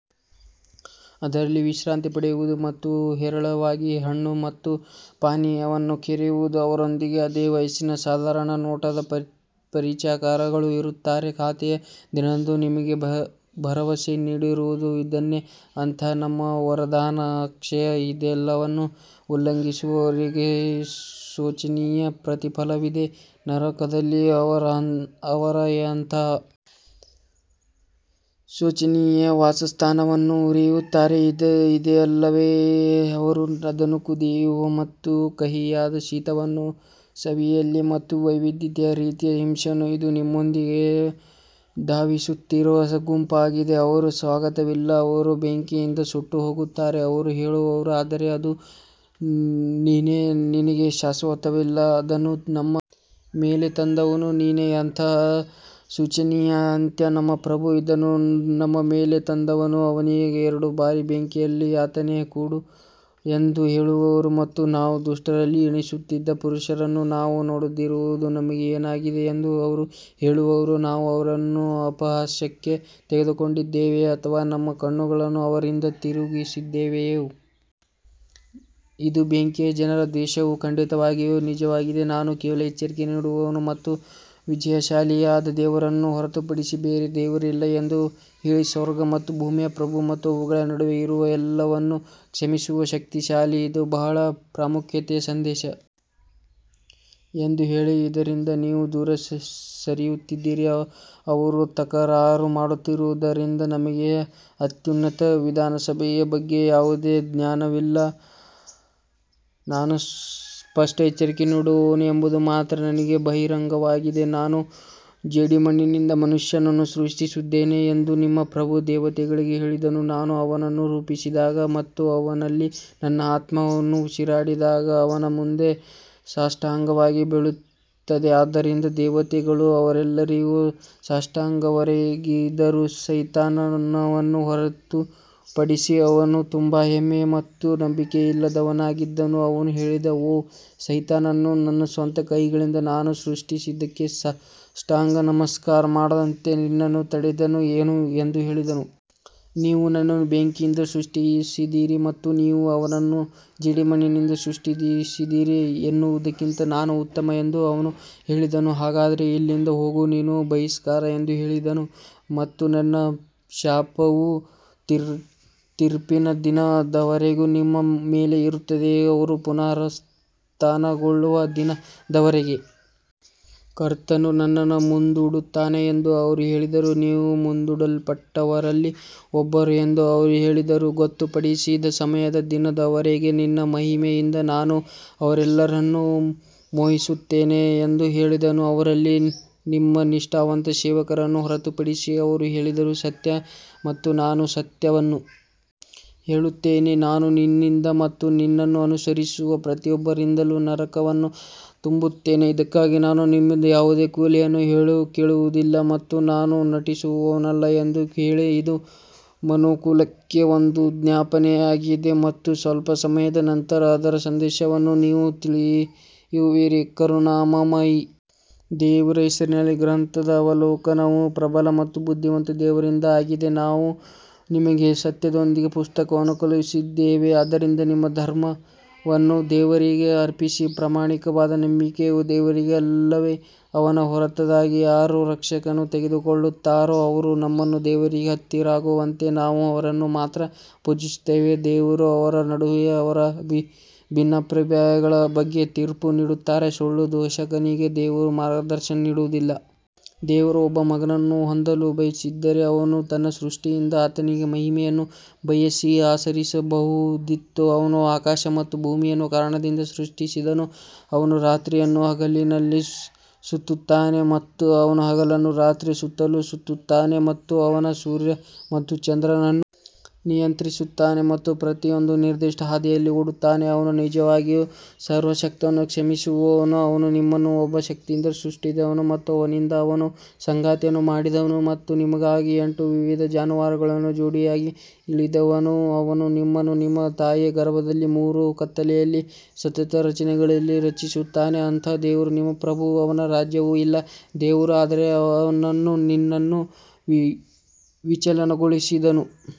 ಅದರಲ್ಲಿ ವಿಶ್ರಾಂತಿ ಪಡೆಯುವುದು ಮತ್ತು ಹೇರಳವಾಗಿ ಹಣ್ಣು ಮತ್ತು ಪಾನೀಯವನ್ನು ಕರೆಯುವುದು ಅವರೊಂದಿಗೆ ಅದೇ ವಯಸ್ಸಿನ ಸಾಧಾರಣ ನೋಟದ ಪರಿಚಾರಕರು ಇರುತ್ತಾರೆ ಖಾತೆಯ ದಿನದಂದು ನಿಮಗೆ ಭರವಸೆ ನೀಡಿರುವುದು ಇದನ್ನೇ ಅಂತಹ ನಮ್ಮ ವರದಾನ ಅಕ್ಷಯ ಇದೆಲ್ಲವನ್ನೂ ಉಲ್ಲಂಘಿಸುವವರಿಗೆ ಶೋಚನೀಯ ಪ್ರತಿಫಲವಿದೆ ನರಕದಲ್ಲಿ ಅವರು ಎಂತಹ ಶೋಚನೀಯ ವಾಸಸ್ಥಾನವನ್ನು ಹುರಿಯುತ್ತಾರೆ ಇದೆಲ್ಲವೂ ಅವರು ಅದನ್ನು ಕುದಿಯುವ ಮತ್ತು ಕಹಿಯಾದ ಶೀತವನ್ನು ಸವಿಯಲಿ ಮತ್ತು ವೈವಿಧ್ಯಮಯ ರೀತಿಯ ಹಿಂಸೆಗಳು ಇದು ನಿಮ್ಮೊಂದಿಗೆ ಧಾವಿಸುತ್ತಿರುವ ಗುಂಪಾಗಿದೆ ಅವರಿಗೆ ಸ್ವಾಗತವಿಲ್ಲ ಅವರು ಬೆಂಕಿಯಿಂದ ಸುಟ್ಟುಹೋಗುತ್ತಾರೆ ಅವರು ಹೇಳುವರು ಆದರೆ ಅದು ನೀನೇ ನಿನಗೆ ಸ್ವಾಗತವಿಲ್ಲ ಅದನ್ನು ನಮ್ಮ ಮೇಲೆ ತಂದವನು ನೀನೇ ಎಂತಹ ಶೋಚನೀಯ ಅಂತ್ಯ ನಮ್ಮ ಪ್ರಭು ಇದನ್ನು ನಮ್ಮ ಮೇಲೆ ತಂದವನು ಅವನಿಗೆ ಎರಡು ಬಾರಿ ಬೆಂಕಿಯಲ್ಲಿ ಯಾತನೆ ಕೊಡು ಎಂದು ಹೇಳುವರು ಮತ್ತು ನಾವು ದುಷ್ಟರಲ್ಲಿ ಎಣಿಸುತ್ತಿದ್ದ ಪುರುಷರನ್ನು ನಾವು ನೋಡದಿರುವುದು ನಮಗೆ ಏನಾಗಿದೆ ಎಂದು ಅವರು ಹೇಳುವರು ನಾವು ಅವರನ್ನು ಅಪಹಾಸ್ಯಕ್ಕೆ ತೆಗೆದುಕೊಂಡಿದ್ದೇವೆಯೇ ಅಥವಾ ನಮ್ಮ ಕಣ್ಣುಗಳನ್ನು ಅವರಿಂದ ತಿರುಗಿಸಿದ್ದೇವೆಯೇ? ಇದು ಬೆಂಕಿಯ ಜನರ ದ್ವೇಷವು ಖಂಡಿತವಾಗಿಯೂ ನಿಜವಾಗಿದೆ ನಾನು ಕೇವಲ ಎಚ್ಚರಿಕೆ ನೀಡುವವನು ಮತ್ತು ವಿಜಯಶಾಲಿಯಾದ ದೇವರನ್ನು ಹೊರತುಪಡಿಸಿ ಬೇರೆ ದೇವರಿಲ್ಲ ಎಂದು ಹೇಳಿ ಸ್ವರ್ಗ ಮತ್ತು ಭೂಮಿಯ ಪ್ರಭು ಮತ್ತು ಅವುಗಳ ನಡುವೆ ಇರುವ ಎಲ್ಲವನ್ನೂ ಕ್ಷಮಿಸುವ ಶಕ್ತಿಶಾಲಿ ಇದು ಬಹಳ ಪ್ರಾಮುಖ್ಯತೆಯ ಸಂದೇಶ ಎಂದು ಹೇಳಿ ಇದರಿಂದ ನೀವು ದೂರ ಸರಿಯುತ್ತಿದ್ದೀರಿ ಅವರು ತಕರಾರು ಮಾಡುತ್ತಿರುವುದರಿಂದ ನನಗೆ ಅತ್ಯುನ್ನತ ವಿಧಾನಸಭೆಯ ಬಗ್ಗೆ ಯಾವುದೇ ಜ್ಞಾನವಿಲ್ಲ ನಾನು ಸ್ಪಷ್ಟ ಎಚ್ಚರಿಕೆ ನೀಡುವವನು ಎಂಬುದು ಮಾತ್ರ ನನಗೆ ಬಹಿರಂಗವಾಗಿದೆ ನಾನು ಜೇಡಿಮಣ್ಣಿನಿಂದ ಮನುಷ್ಯನನ್ನು ಸೃಷ್ಟಿಸುತ್ತಿದ್ದೇನೆ ಎಂದು ನಿಮ್ಮ ಪ್ರಭು ದೇವತೆಗಳಿಗೆ ಹೇಳಿದನು ನಾನು ಅವನನ್ನು ರೂಪಿಸಿದಾಗ ಮತ್ತು ಅವನಲ್ಲಿ ನನ್ನ ಆತ್ಮವನ್ನು ಉಸಿರಾಡಿದಾಗ ಅವನ ಮುಂದೆ ಸಾಷ್ಟಾಂಗವಾಗಿ ಬೀಳುತ್ತದೆ ಆದ್ದರಿಂದ ದೇವತೆಗಳು ಅವರೆಲ್ಲರಿಗೂ ಸಾಷ್ಟಾಂಗವೆರಗಿದರು ಸೈತಾನನನ್ನು ಹೊರತುಪಡಿಸಿ ಅವನು ತುಂಬಾ ಹೆಮ್ಮೆ ಮತ್ತು ನಂಬಿಕೆಯಿಲ್ಲದವನಾಗಿದ್ದನು ಅವನು ಹೇಳಿದ ಓ ಸೈತಾನನು ನನ್ನ ಸ್ವಂತ ಕೈಗಳಿಂದ ನಾನು ಸೃಷ್ಟಿಸಿದ್ದಕ್ಕೆ ಸಾಷ್ಟಾಂಗ ನಮಸ್ಕಾರ ಮಾಡದಂತೆ ನಿನ್ನನ್ನು ತಡೆದದ್ದು ಏನು ಎಂದು ಹೇಳಿದನು. ನೀವು ನನ್ನನ್ನು ಬೆಂಕಿಯಿಂದ ಸೃಷ್ಟಿಸಿದ್ದೀರಿ ಮತ್ತು ನೀವು ಅವನನ್ನು ಜೇಡಿಮಣ್ಣಿನಿಂದ ಸೃಷ್ಟಿಸಿದ್ದೀರಿ ಎನ್ನುವುದಕ್ಕಿಂತ ನಾನು ಉತ್ತಮ ಎಂದು ಅವನು ಹೇಳಿದನು ಹಾಗಾದರೆ ಇಲ್ಲಿಂದ ಹೋಗು ನೀನು ಬಹಿಷ್ಕಾರ ಎಂದು ಹೇಳಿದನು ಮತ್ತು ನನ್ನ ಶಾಪವು ತೀರ್ಪಿನ ದಿನದವರೆಗೆ ನಿಮ್ಮ ಮೇಲೆ ಇರುತ್ತದೆ ಅವರು ಪುನರುತ್ಥಾನಗೊಳ್ಳುವ ದಿನದವರೆಗೆ ಕರ್ತನು ನನ್ನನ್ನು ಮುಂದೂಡುತ್ತಾನೆ ಎಂದು ಅವರು ಹೇಳಿದರು ನೀವು ಮುಂದೂಡಲ್ಪಟ್ಟವರಲ್ಲಿ ಒಬ್ಬರು ಎಂದು ಅವರು ಹೇಳಿದರು ಗೊತ್ತುಪಡಿಸಿದ ಸಮಯದ ದಿನದವರೆಗೆ ನಿನ್ನ ಮಹಿಮೆಯಿಂದ ನಾನು ಅವರೆಲ್ಲರನ್ನು ಮೋಹಿಸುತ್ತೇನೆ ಎಂದು ಹೇಳಿದನು ಅವರಲ್ಲಿ ನಿಮ್ಮ ನಿಷ್ಠಾವಂತ ಸೇವಕರನ್ನು ಹೊರತುಪಡಿಸಿ ಅವರು ಹೇಳಿದರು ಸತ್ಯ ಮತ್ತು ನಾನು ಸತ್ಯವನ್ನು ಹೇಳುತ್ತೇನೆ ನಾನು ನಿನ್ನಿಂದ ಮತ್ತು ನಿನ್ನನ್ನು ಅನುಸರಿಸುವ ಪ್ರತಿಯೊಬ್ಬರಿಂದಲೂ ನರಕವನ್ನು ತುಂಬುತ್ತೇನೆ ಇದಕ್ಕಾಗಿ ನಾನು ನಿಮ್ಮಿಂದ ಯಾವುದೇ ಕೂಲಿಯನ್ನು ಕೇಳುವುದಿಲ್ಲ ಮತ್ತು ನಾನು ನಟಿಸುವವನಲ್ಲ ಎಂದು ಹೇಳಿ ಇದು ಮನುಕುಲಕ್ಕೆ ಒಂದು ಜ್ಞಾಪನೆಯಾಗಿದೆ ಮತ್ತು ಸ್ವಲ್ಪ ಸಮಯದ ನಂತರ ಅದರ ಸಂದೇಶವನ್ನು ನೀವು ತಿಳಿಯುವಿರಿ ಕರುಣಾಮಯಿ ದೇವರ ಹೆಸರಿನಲ್ಲಿ ಗ್ರಂಥದ ಅವಲೋಕನವು ಪ್ರಬಲ ಮತ್ತು ಬುದ್ಧಿವಂತ ದೇವರಿಂದ ಆಗಿದೆ ನಾವು ನಿಮಗೆ ಸತ್ಯದೊಂದಿಗೆ ಪುಸ್ತಕವನ್ನು ಕಳುಹಿಸಿದ್ದೇವೆ ಆದ್ದರಿಂದ ನಿಮ್ಮ ಧರ್ಮವನ್ನು ದೇವರಿಗೆ ಅರ್ಪಿಸಿ ಪ್ರಾಮಾಣಿಕವಾದ ನಂಬಿಕೆಯು ದೇವರಿಗೆ ಅಲ್ಲವೇ, ಅವನ ಹೊರತಾಗಿ ಯಾರು ರಕ್ಷಕರನ್ನು ತೆಗೆದುಕೊಳ್ಳುತ್ತಾರೋ ಅವರು ನಮ್ಮನ್ನು ದೇವರಿಗೆ ಹತ್ತಿರವಾಗುವಂತೆ ನಾವು ಅವರನ್ನು ಮಾತ್ರ ಪೂಜಿಸುತ್ತೇವೆ, ದೇವರು ಅವರ ನಡುವೆ ಅವರ ಭಿನ್ನಾಭಿಪ್ರಾಯಗಳ ಬಗ್ಗೆ ತೀರ್ಪು ನೀಡುತ್ತಾನೆ, ಸುಳ್ಳು ದೂಷಕನಿಗೆ ದೇವರು ಮಾರ್ಗದರ್ಶನ ನೀಡುವುದಿಲ್ಲ. ದೇವರು ಒಬ್ಬ ಮಗನನ್ನು ಹೊಂದಲು ಬಯಸಿದರೆ ಅವನು ತನ್ನ ಸೃಷ್ಟಿಯಿಂದ ಆತನಿಗೆ ಮಹಿಮೆಯನ್ನು ಬಯಸಿ ಆರಿಸಬಹುದಿತ್ತು ಅವನು ಆಕಾಶ ಮತ್ತು ಭೂಮಿಯನ್ನು ಕಾರಣದಿಂದ ಸೃಷ್ಟಿಸಿದನು, ಅವನು ರಾತ್ರಿಯನ್ನು ಹಗಲಿನಲ್ಲಿ ಸುತ್ತುತ್ತಾನೆ ಮತ್ತು ಅವನು ಹಗಲನ್ನು ರಾತ್ರಿಯ ಸುತ್ತಲೂ ಸುತ್ತುತ್ತಾನೆ ಮತ್ತು ಅವನು ಸೂರ್ಯ ಮತ್ತು ಚಂದ್ರನನ್ನು ನಿಯಂತ್ರಿಸುತ್ತಾನೆ ಮತ್ತು ಪ್ರತಿಯೊಂದೂ ನಿರ್ದಿಷ್ಟ ಹಾದಿಯಲ್ಲಿ ಓಡುತ್ತಾನೆ, ಅವನು ನಿಜವಾಗಿಯೂ ಸರ್ವಶಕ್ತನು ಕ್ಷಮಿಸುವವನು ಅವನು ನಿಮ್ಮನ್ನು ಒಬ್ಬ ವ್ಯಕ್ತಿಯಿಂದ ಸೃಷ್ಟಿಸಿದನು ಮತ್ತು ಅವನಿಂದ ಅವನ ಸಂಗಾತಿಯನ್ನು ಮಾಡಿದನು ಮತ್ತು ನಿಮಗಾಗಿ ಎಂಟು ವಿಧದ ಜಾನುವಾರುಗಳನ್ನು ಜೋಡಿಯಾಗಿ ಇಳಿಸಿದನು ಅವನು ನಿಮ್ಮನ್ನು ನಿಮ್ಮ ತಾಯಿಯ ಗರ್ಭದಲ್ಲಿ ಮೂರು ಕತ್ತಲೆಯಲ್ಲಿ ಸತತ ರಚನೆಗಳಲ್ಲಿ ರಚಿಸುತ್ತಾನೆ ಅಂತಹ ದೇವರು ನಿಮ್ಮ ಪ್ರಭು ಅವನ ರಾಜ್ಯವು ಇಲ್ಲ ದೇವರು ಆದರೆ ಅವನು ನಿನ್ನನ್ನು ವಿಚಲನಗೊಳಿಸಿದನು.